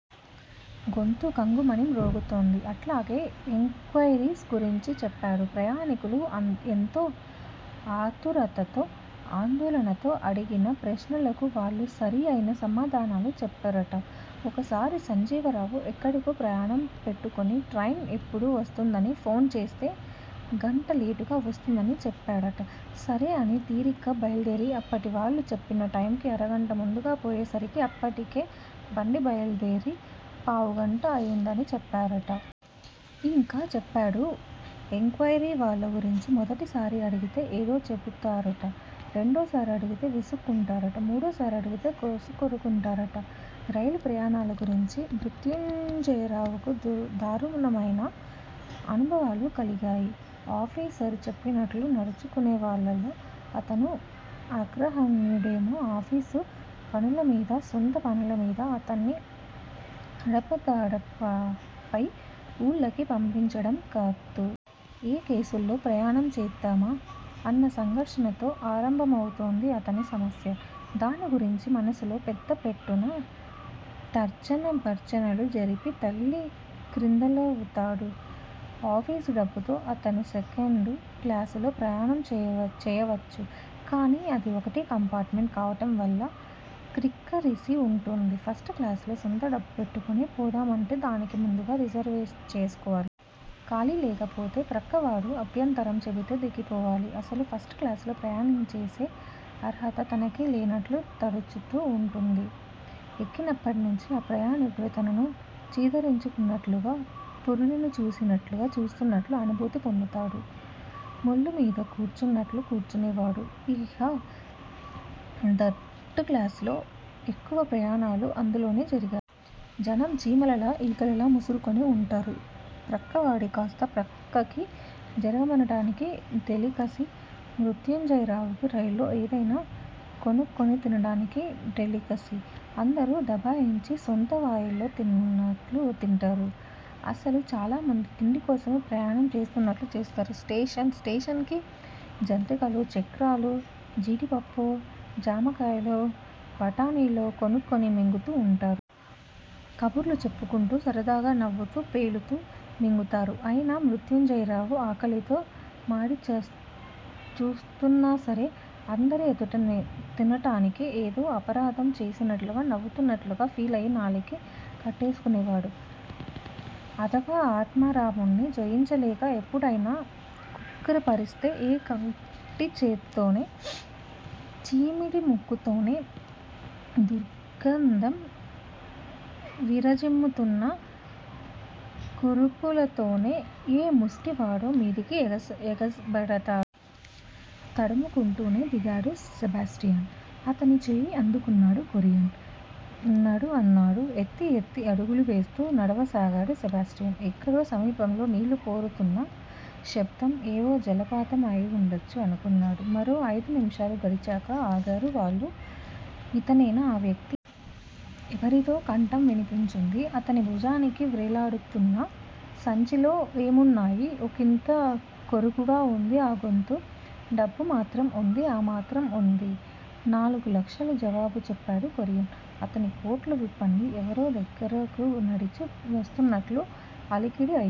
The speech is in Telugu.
గొంతు ఖంగుమని మ్రోగుతోంది. అట్లాగే ఎంక్వయిరీస్ గురించి చెప్పాడు. ప్రయాణీకులు యెంతో ఆతురతతో, ఆందోళనతో అడిగిన ప్రశ్నలకు వాళ్ళు సరియైన సమాధానాలు చెప్పరుట. ఒకసారి సంజీవరావు ఎక్కడికో ప్రయాణం పెట్టుకుని ట్రైన్ ఎప్పుడు వస్తుందని ఫోన్ చేస్తే గంట లేటుగా వస్తుందని చెప్పాడుట. సరే అని తీరిగ్గా బయల్దేరి అప్పటికి వాళ్ళు చెప్పిన టైముకి అరగంట ముందుగా పోయేసరికి అప్పటికే బండి బయల్దేరి పావుగంట అయిందని చెప్పారుట. యింకా చెప్పాడు ఎంక్వయిరీవాళ్ళ గురించి. మొదటిసారి అడిగితే ఏదో చెబుతారుట. రెండోసారి అడిగితే విసుక్కుంటారుట, మూడోసారి అడిగితే కసురుకుంటారుట. రైలుప్రయాణాల గురించి మృత్యుంజయరావుకూ దారుణమైన అనుభవాలు కలిగాయి. ఆఫీసరు చెప్పినట్లు నడుచుకునేవాళ్ళలో అతను అగ్రగణ్యుడేమో- ఆఫీసు పనులమీదా, సొంత పనులమీదా అతన్ని అడపదడపా పై ఊళ్ళకి పంపించటం కద్దు. ఏ క్లాసులో ప్రయాణం చేద్దామా అన్న సంఘర్షణతో ఆరంభమవుతుంది అతని సమస్య. దాన్నిగురించి మనసులో పెద్దపెట్టున తర్జనభర్జనలు జరిపి, తల్లక్రిందులవుతాడు. ఆఫీసుడబ్బుతో అతను సెకండు క్లాసులో ప్రయాణం చేయవచ్చు. కాని అది ఒకటే కంపార్టుమెంటు కావటంవల్ల క్రిక్కిరిసి వుంటుంది. ఫస్టుక్లాసులో సొంతడబ్బు పెట్టుకుని పోదామంటే దానికి ముందుగా రిజర్వు చేసుకోవాలి. ఖాళీ లేకపోతే, ప్రక్కవాడు అభ్యంతరం చెబితే దిగిపోవాలి. అసలు ఫస్టుక్లాసులో ప్రయాణంచేసే అర్హత తనకు లేనట్లు తడుతూ వుంటుంది ఎక్కినప్పట్నుంచీ. ఆ ప్రయాణీకులు తనను చీదరించుకుంటున్నట్లూ, పురుగుని చూసినట్లు చూస్తున్నట్లూ అనుభూతి పొందుతాడు. ముళ్ళమీద కూర్చున్నట్లు కూర్చునేవాడు. ఇహ థర్డుక్లాసులో యెక్కువ ప్రయాణాలు అందులోనే జరిగాయి. జనం చీమలలా, ఈగలలా ముసురుకుని వుంటారు. ప్రక్కవాడ్ని కాస్త ప్రక్కకి జరగమనటానికి డెలికసీ. మృత్యుంజయరావుకు రైల్లో ఏదైనా కొనుక్కొని తినటానికి డెలికసీ. అందరూ దబాయించి సొంతవాళ్ళల్లో తిన్నట్లు తింటారు. అసలు చాలామంది తిండికోసమే ప్రయాణం చేసినట్లు చేస్తారు. స్టేషన్ స్టేషన్ కీ జంతికలో, చక్రాలో, జీడిపప్పో, జామకాయలో బఠానీలో కొనుక్కుని మింగుతూ ఉంటారు. కబుర్లు చెప్పుకుంటూ, సరదాగా, నవ్వుతూ, పేలుతూ మింగుతారు. అయినా మృత్యుంజయరావు ఆకలితో మాడి చూస్తున్నాసరే, అందరి ఎదుట తినటానికి ఏదో అపరాధం చేసినట్లూ, నవ్వుతున్నట్లూ ఫీలయి నాలిక కట్టేసుకునేవాడు. అధవా ఆత్మారాముడ్ని జయించలేక ఎప్పుడైనా కక్కురిపడితే, ఏ కుంటిచేత్తోనో, చీమిడిముక్కుతోనో, దుర్గంధం విరజిమ్ముతున్న కురుపులతోనో ఏ ముష్టివాడో మీదికి ఎగబడతాడు. తడుముకుంటూనే దిగాడు సెబాస్టియన్. అతని చేయి అందుకున్నాడు కొరియన్. నడు అన్నాడు. ఎత్తి ఎత్తి అడుగులు వేస్తూ నడవసాగాడు సెబాస్టియన్. ఎక్కడో సమీపంలో నీళ్ళు పోరుతున్న శబ్దం. ఏవో జలపాతం అయి వుండొచ్చు అనుకున్నాడు. మరో ఐదు నిమిషాలు గడిచాక ఆగారు వాళ్ళు. ఇతనేనా ఆ వ్యక్తి? ఎవరిదో కంఠం వినిపించింది. అతని భుజానికి వ్రేలాడుతున్న సంచిలో ఏమున్నాయి? ఒకింత కరుకుగా వుంది ఆ గొంతు. డబ్బు మాత్రం వుంది ఏ మాత్రం వుంది? నాలుగు లక్షలు జవాబు చెప్పాడు కొరియన్. అతని కట్లు విప్పండి ఎవరో దగ్గరకు నడిచి వస్తున్నట్లు అలికిడి అయింది.